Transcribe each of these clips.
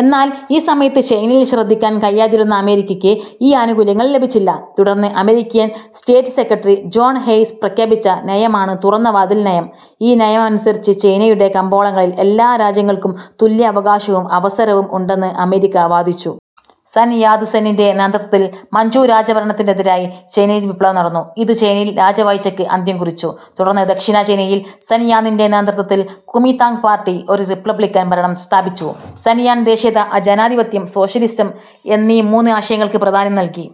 എന്നാൽ ഈ സമയത്ത് ചൈനയിൽ ശ്രദ്ധിക്കാൻ കഴിയാതിരുന്ന അമേരിക്കയ്ക്ക് ഈ ആനുകൂല്യങ്ങൾ ലഭിച്ചില്ല. തുടർന്ന് American state secretary John Hay പ്രഖ്യാപിച്ച നയമാണ് തുറന്ന വാതിൽ നയം. ഈ നയമനുസരിച്ച് ചൈനയുടെ കമ്പോളങ്ങളിൽ എല്ലാ രാജ്യങ്ങൾക്കും തുല്യ അവകാശവും അവസരവും ഉണ്ടെന്ന് അമേരിക്ക വാദിച്ചു. സൻ യാത് സെന്നിന്റെ നേതൃത്വത്തിൽ മഞ്ചു രാജഭരണത്തിനെരായി ചൈനയിൽ വിപ്ലവം നടന്നു. ഇത് ചൈനയിൽ രാജവാഴ്ചയ്ക്ക് അന്ത്യം കുറിച്ചു. തുടർന്ന് ദക്ഷിണ ചൈനയിൽ സൻയാന്നിന്റെ നേതൃത്വത്തിൽ കുമി താങ് പാർട്ടി ഒരു റിപ്പബ്ലിക്കൻ ഭരണം സ്ഥാപിച്ചു. സൻയാൻ ദേശീയത, ജനാധിപത്യം, സോഷ്യലിസം എന്നീ മൂന്ന് ആശയങ്ങൾക്ക് പ്രാധാന്യം നൽകി.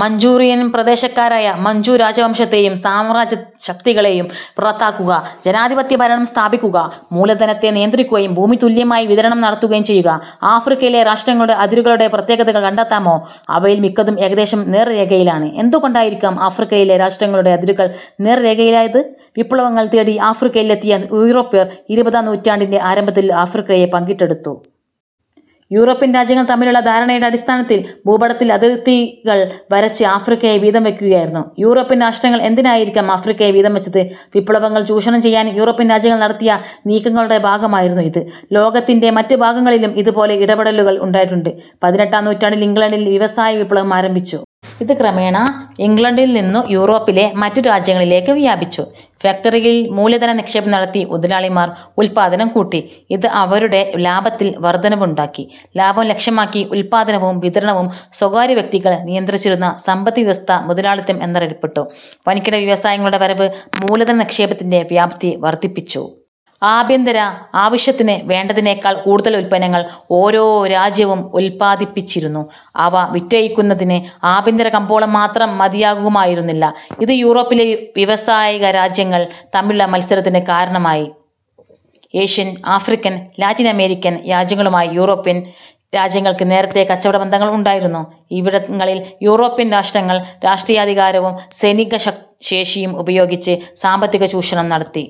മഞ്ചൂറിയൻ പ്രദേശക്കാരായ മഞ്ചു രാജ വംശ ത്തെയും സാമ്രാജ്യശക്തികളെയും പുറത്താക്കുക. ജനാധിപത്യഭരണം സ്ഥാപിക്കുക. മൂലധനത്തെ നിയന്ത്രിക്കുകയും ഭൂമി തുല്യമായി വിതരണം നടത്തുകയും ചെയ്യുക. ആഫ്രിക്കയിലെ രാഷ്ട്രങ്ങളുടെ അതിരുകളുടെ പ്രത്യേകതകൾ കണ്ടെത്താമോ? അവയിൽ മിക്കതും ഏകദേശം നേർരേഖയിലാണ്. എന്തുകൊണ്ടായിരിക്കാം ആഫ്രിക്കയിലെ രാഷ്ട്രങ്ങളുടെ അതിരുകൾ നേർരേഖയിലായത്? വിഭവങ്ങൾ തേടി ആഫ്രിക്കയിൽ എത്തിയ യൂറോപ്യർ ഇരുപതാം നൂറ്റാണ്ടിന്റെ ആരംഭത്തിൽ ആഫ്രിക്കയെ പങ്കിട്ടെടുത്തു. യൂറോപ്യൻ രാജ്യങ്ങൾ തമ്മിലുള്ള ധാരണയുടെ അടിസ്ഥാനത്തിൽ ഭൂപടത്തിൽ അതിർത്തികൾ വരച്ച് ആഫ്രിക്കയെ വീതം വയ്ക്കുകയായിരുന്നു. യൂറോപ്യൻ രാഷ്ട്രങ്ങൾ എന്തിനായിരിക്കാം ആഫ്രിക്കയെ വീതം വച്ചത്? വിഭവങ്ങൾ ചൂഷണം ചെയ്യാൻ യൂറോപ്യൻ രാജ്യങ്ങൾ നടത്തിയ നീക്കങ്ങളുടെ ഭാഗമായിരുന്നു ഇത്. ലോകത്തിന്റെ മറ്റു ഭാഗങ്ങളിലും ഇതുപോലുള്ള ഇടപെടലുകൾ ഉണ്ടായിട്ടുണ്ട്. പതിനെട്ടാം നൂറ്റാണ്ടിൽ ഇംഗ്ലണ്ടിൽ വ്യവസായ വിപ്ലവം ആരംഭിച്ചു. ഇത് ക്രമേണ ഇംഗ്ലണ്ടിൽ നിന്നു യൂറോപ്പിലെ മറ്റു രാജ്യങ്ങളിലേക്ക് വ്യാപിച്ചു. ഫാക്ടറികളിൽ മൂലധനനിക്ഷേപം നടത്തി മുതലാളിമാർ ഉൽപ്പാദനം കൂട്ടി. ഇത് അവരുടെ ലാഭത്തിൽ വർധനവുണ്ടാക്കി. ലാഭം ലക്ഷ്യമാക്കി ഉൽപ്പാദനവും വിതരണവും സ്വകാര്യവ്യക്തികൾ നിയന്ത്രിച്ചിരുന്ന സമ്പദ് വ്യവസ്ഥ മുതലാളിത്തം എന്നറിയപ്പെട്ടു. വൻകിട വ്യവസായങ്ങളുടെ വരവ് മൂലധന നിക്ഷേപത്തിന്റെ വ്യാപ്തി വർധിപ്പിച്ചു. ആഭ്യന്തര ആവശ്യത്തിന് വേണ്ടതിനേക്കാൾ കൂടുതൽ ഉൽപ്പന്നങ്ങൾ ഓരോ രാജ്യവും ഉൽപാദിപ്പിച്ചിരുന്നു. അവ വിറ്റഴിക്കുന്നതിന് ആഭ്യന്തരകമ്പോളം മാത്രം മതിയാകുമായിരുന്നില്ല. ഇത് യൂറോപ്പിലെ വ്യാവസായികരാജ്യങ്ങൾ തമ്മിലുള്ള മത്സരത്തിന് കാരണമായി. ഏഷ്യൻ, ആഫ്രിക്കൻ, ലാറ്റിനമേരിക്കൻ രാജ്യങ്ങളുമായി യൂറോപ്യൻ രാജ്യങ്ങൾക്ക് നേരത്തേ കച്ചവടബന്ധങ്ങൾ ഉണ്ടായിരുന്നു. ഇവിടങ്ങളിൽ യൂറോപ്യൻ രാഷ്ട്രങ്ങൾ രാഷ്ട്രീയാധികാരവും സൈനി കശേഷിയും ഉപയോഗിച്ച് സാമ്പത്തികചൂഷണം നടത്തി.